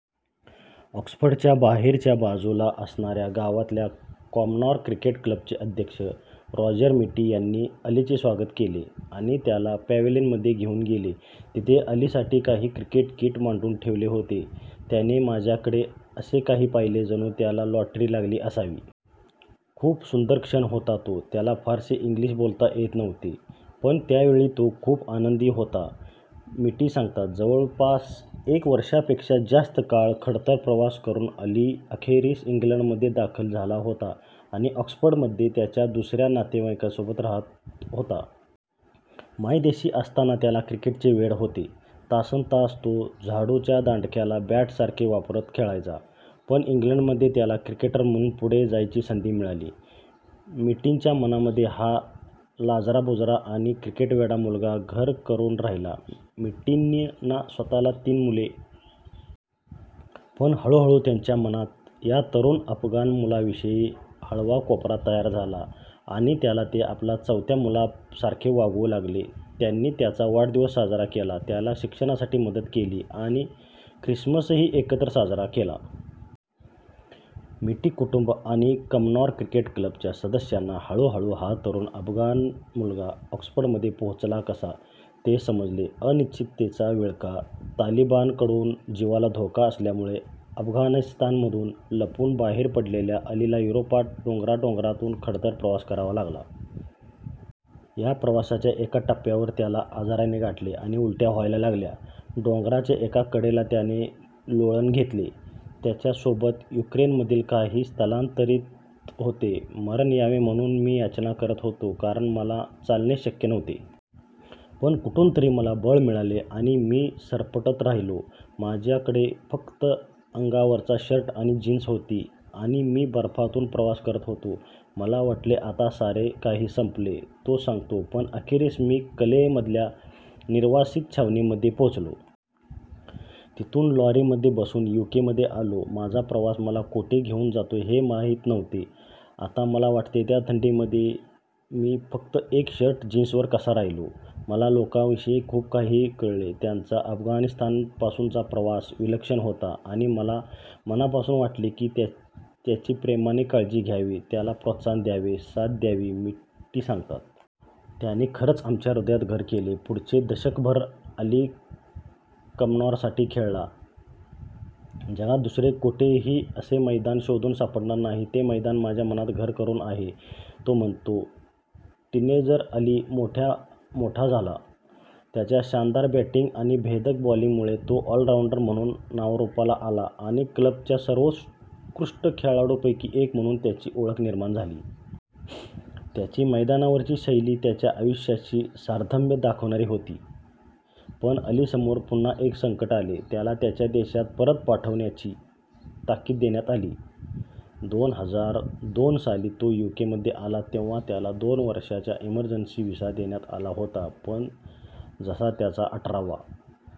ऑक्सफर्डच्या बाहेरच्याच बाजूला असणाऱ्या गावातल्या कमनॉर क्रिकेट क्लबचे अध्यक्ष रॉजर मिटी यांनी अलीचे स्वागत केले आणि त्याला पॅव्हेलियनमध्ये घेऊन गेले. तिथे अलीसाठी काही क्रिकेट किट मांडून ठेवले होते. त्याने माझ्याकडे असे काही पाहिले जणू त्याला लॉटरी लागली असावी. खूप सुंदर क्षण होता तो. त्याला फारसे इंग्लिश बोलता येत नव्हते, पण त्यावेळी तो खूप आनंदी होता, मिटी सांगतात. जवळपास एक वर्षापेक्षा जास्त काळ खडतर प्रवास करून अली अखेरीस इंग्लंडमध्ये दाखल झाला होता आणि ऑक्सफर्डमध्ये त्याच्या दूरच्या नातेवाईकासोबत राहत होता. मायदेशी असताना त्याला क्रिकेटचे वेड होते. तासनतास तो झाडूच्या दांडक्याला बॅटसारखे वापरत खेळायचा. पण इंग्लंडमध्ये त्याला क्रिकेटर म्हणून पुढे यायची संधी मिळाली. मिटींच्या मनामध्ये हा लाजराबुजरा आणि 'क्रिकेटवेडा' मुलगा घर करून राहिला. मिटींना स्वतःला तीन मुले. पण हळूहळू त्यांच्या मनात या तरुण अफगाण मुलाविषयी हळवा कोपरा तयार झाला आणि त्याला ते आपल्या चौथ्या मुलासारखे वागवू लागले. त्यांनी त्याचा वाढदिवस साजरा केला, त्याला शिक्षणासाठी मदत केली आणि ख्रिसमसही एकत्र साजरा केला. मिटी कुटुंब आणि कमनॉर क्रिकेट क्लबच्या सदस्यांना हळूहळू हा तरुण अफगाण मुलगा ऑक्सफर्डमध्ये पोहोचला कसा, ते समजले. अनिश्चिततेचा विळखा - तालिबानकडून जीवाला धोका असल्यामुळे अफगाणिस्तानातून लपून बाहेर पडलेल्या अलीला युरोपात डोंगररांगांतून खडतर प्रवास करावा लागला. या प्रवासाच्या एका टप्प्यावर त्याला आजाराने गाठले आणि उलट्या व्हायला लागल्या. डोंगराच्या एका कडेला त्याने लोळण घेतले. त्याच्या सोबत युक्रेनमधील काही स्थलांतरित होते. मरण यावे म्हणून मी याचना करत होतो, कारण मला चालणेच शक्य नव्हते. पण कुठूनतरी मला बळ मिळाले आणि मी सरपटत राहिलो. माझ्याकडे फक्त अंगावरचा शर्ट आणि जीन्स होती आणि मी बर्फातून प्रवास करत होतो. मला वाटले आता सारे काही संपले, तो सांगतो. पण अखेरीस मी कॅलेय मधल्या निर्वासित छावणीमध्ये पोहोचलो. तिथून एका लॉरीमध्ये बसून युकेमध्ये आलो. माझा प्रवास मला कुठे घेऊन जातोय हे मला माहित नव्हते. आता वाटते त्या थंडीमध्ये मी फक्त एका शर्ट-जीन्सवर कसा राहिलो? मला लोकांविषयी खूप काही कळले. त्याचा अफगाणिस्तानपासूनचा प्रवास विलक्षण होता आणि मला मनापासून वाटले की त्याची प्रेमाने काळजी घ्यावी, त्याला प्रोत्साहन द्यावे, साथ द्यावी, मिटी सांगतात. त्याने खरंच आमच्या हृदयात घर केले. पुढचे दशकभर अली कमनॉरसाठी खेळला. जगात दुसरीकडे कुठेही असे मैदान शोधून सापडणार नाही, ते मैदान माझ्या मनात घर करून आहे, तो म्हणतो. टीनेजर अली मोठा झाला. त्याच्या शानदार बॅटिंग आणि भेदक बॉलिंगमुळे तो ऑलराऊंडर म्हणून नावारूपाला आला आणि क्लबच्या सर्वोत्कृष्ट खेळाडूंपैकी एक म्हणून त्याची ओळख निर्माण झाली. त्याची मैदानावरची शैली त्याच्या आयुष्याशी साधर्म्य दाखवणारी होती. पण अलीसमोर पुन्हा एक संकट आले. त्याला त्याच्या देशात परत पाठवण्याची ताकीद देण्यात आली. दोन हजार दोन साली तो युकेमध्ये आला तेव्हा त्याला दोन वर्षांचा इमर्जन्सी व्हिसा देण्यात आला होता. पण जसा त्याचा अठरावा